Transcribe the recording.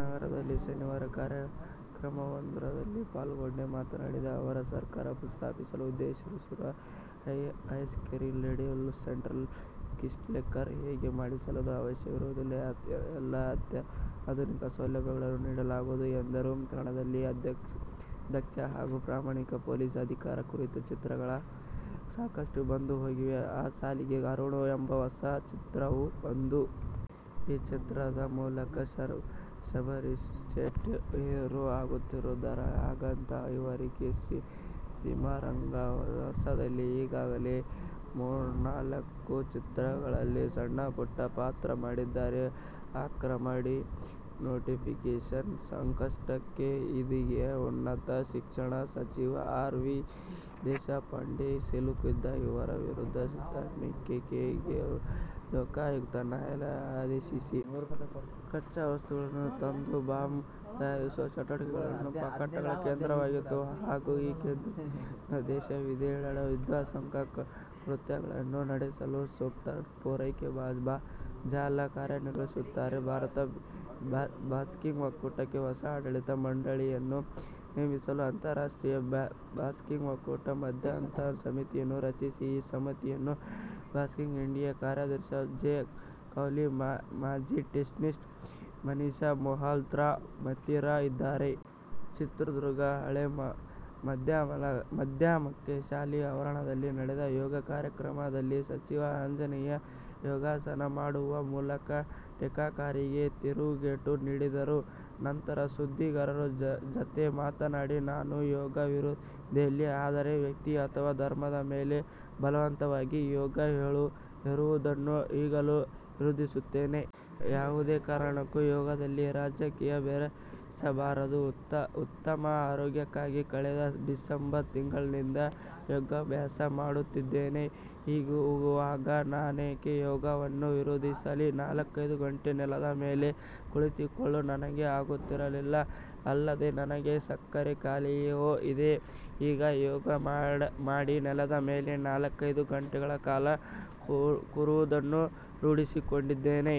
ನಗರದಲ್ಲಿ ಶನಿವಾರ ಕಾರ್ಯಕ್ರಮವೊಂದರಲ್ಲಿ ಪಾಲ್ಗೊಂಡು ಮಾತನಾಡಿದ ಅವರು, ಸರ್ಕಾರ ಸ್ಥಾಪಿಸಲು ಉದ್ದೇಶಿಸಿರುವ ಹೈರಿಸ್ಕ್ ಡೆಲಿವರಿ ಸೆಂಟರ್ನಲ್ಲಿ ಕ್ಲಿಷ್ಟಕರ ಹೆರಿಗೆ ಮಾಡಿಸಲು ಅವಶ್ಯವಿರುವ ಎಲ್ಲ ಅತ್ಯಾಧುನಿಕ ಸೌಲಭ್ಯಗಳನ್ನು ನೀಡಲಾಗುವುದು ಎಂದರು. ಕನ್ನಡದಲ್ಲಿ ದಕ್ಷ ಹಾಗು ಪ್ರಾಮಾಣಿಕ ಪೊಲೀಸ್ ಅಧಿಕಾರಿ ಕುರಿತ ಚಿತ್ರಗಳು ಸಾಕಷ್ಟು ಬಂದು ಹೋಗಿವೆ. ಆ ಸಾಲಿಗೆ "ಅರುಣ್' ಎಂಬ ಹೊಸ ಚಿತ್ರವೂ ಒಂದು. ಈ ಚಿತ್ರದ ಮೂಲಕ ಶಬರೀಷ್ ಶೆಟ್ಟಿ ಹೀರೋ ಆಗುತ್ತಿದ್ದಾರೆ. ಹಾಗಂತ ಇವರಿಗೆ ಸಿನಿಮಾರಂಗ ಹೊಸದಲ್ಲ. ಈಗಾಗಲೇ ಮೂರ್ನಾಲ್ಕು ಚಿತ್ರಗಳಲ್ಲಿ ಸಣ್ಣಪುಟ್ಟ ಪಾತ್ರ ಮಾಡಿದ್ದಾರೆ. ಅಕ್ರಮ ಡಿ-ನೋಟಿಫಿಕೇಷನ್ ಸಂಕಷ್ಟಕ್ಕೆ ಇದೀಗ ಉನ್ನತ ಶಿಕ್ಷಣ ಸಚಿವ ಆರ್. ವಿ. ದೇಶಪಾಂಡೆ ಸಿಲುಕಿದ್ದು ಇವರ ವಿರುದ್ಧ ತನಿಖೆ ಗೆ ಲೋಕಾಯುಕ್ತ ನ್ಯಾಯಾಲಯ ಆದೇಶಿಸಿದೆ. ಕಚ್ಚಾವಸ್ತುಗಳನ್ನು ತಂದು ಬಾಂಬ್ ತಯಾರಿಸುವ ಚಟುವಟಿಕೆಗೆ ಭಟ್ಕಳ ಕೇಂದ್ರವಾಗಿತ್ತಾ? ಹಾಗೂ ಈ ಕೇಂದ್ರದಿಂದ ದೇಶದ ವಿವಿಧೆಡೆ ವಿಧ್ವಂಸಕ ಕೃತ್ಯಗಳನ್ನು ನಡೆಸಲು ಸ್ಫೋಟಕ ಪೂರೈಕೆಯ ಜಾಲ ಕಾರ್ಯನಿರ್ವಹಿಸುತ್ತಿತ್ತಾ? ಭಾರತ ಬಾಕ್ಸಿಂಗ್ ಒಕ್ಕೂಟಕ್ಕೆ ಹೊಸ ಆಡಳಿತ ಮಂಡಳಿಯನ್ನು ನೇಮಿಸಲು ಅಂತಾರಾಷ್ಟ್ರೀಯ ಬಾಕ್ಸಿಂಗ್ ಒಕ್ಕೂಟ ಮಧ್ಯಂತರ ಸಮಿತಿಯನ್ನು ರಚಿಸಿದೆ. ಈ ಸಮಿತಿಯಲ್ಲಿ ಬಾಕ್ಸಿಂಗ್ ಇಂಡಿಯಾ ಕಾರ್ಯದರ್ಶಿ ಜೇ ಕೌಲಿ, ಮಾಜಿ ಟೆನ್ನಿಸ್ ಮನೀಶಾ ಮಲ್ಹೋತ್ರಾ ಮತ್ತಿತರರು ಇದ್ದಾರೆ. ಚಿತ್ರದುರ್ಗದ ಹಳೇ ಮಾಧ್ಯಮಕ ಶಾಲೆ ಆವರಣದಲ್ಲಿ ನಡೆದ ಯೋಗ ಕಾರ್ಯಕ್ರಮದಲ್ಲಿ ಸಚಿವ ಆಂಜನೇಯ ಯೋಗಾಸನ ಮಾಡುವ ಮೂಲಕ ಟೀಕಾಕಾರಿಗೆ ತಿರುಗೇಟು ನೀಡಿದರು. ನಂತರ ಸುದ್ದಿಗಾರರ ಜತೆ ಮಾತನಾಡಿ, "ನಾನು ಯೋಗ ವಿರೋಧಿಯಲ್ಲ. ಆದರೆ, ವ್ಯಕ್ತಿ ಅಥವಾ ಧರ್ಮದ ಮೇಲೆ ಬಲವಂತವಾಗಿ ಯೋಗ ಹೇರುವುದನ್ನು ಈಗಲೂ ವಿರೋಧಿಸುತ್ತೇನೆ. ಯಾವುದೇ ಕಾರಣಕ್ಕೂ ಯೋಗದಲ್ಲಿ ರಾಜಕೀಯ ಬೆರೆಸಬಾರದು. ಉತ್ತಮ ಆರೋಗ್ಯಕ್ಕಾಗಿ ಕಳೆದ ಡಿಸೆಂಬರ್ ತಿಂಗಳಿನಿಂದ ಯೋಗಾಭ್ಯಾಸ ಮಾಡುತ್ತಿದ್ದೇನೆ. ಹೀಗಿರುವಾಗ ನಾನೇಕೆ ಯೋಗವನ್ನು ವಿರೋಧಿಸಲಿ. ನಾಲ್ಕೈದು ಗಂಟೆ ನೆಲದ ಮೇಲೆ ಕುಳಿತುಕೊಳ್ಳಲು ನನಗೆ ಆಗುತ್ತಿರಲಿಲ್ಲ. ಅಲ್ಲದೆ ನನಗೆ ಸಕ್ಕರೆ ಕಾಯಿಲೆಯೂ ಇದೆ. ಈಗ ಯೋಗ ಮಾಡಿ ನೆಲದ ಮೇಲೆ ನಾಲ್ಕೈದು ಗಂಟೆಗಳ ಕಾಲ ಕೂರುವುದನ್ನು ರೂಢಿಸಿಕೊಂಡಿದ್ದೇನೆ.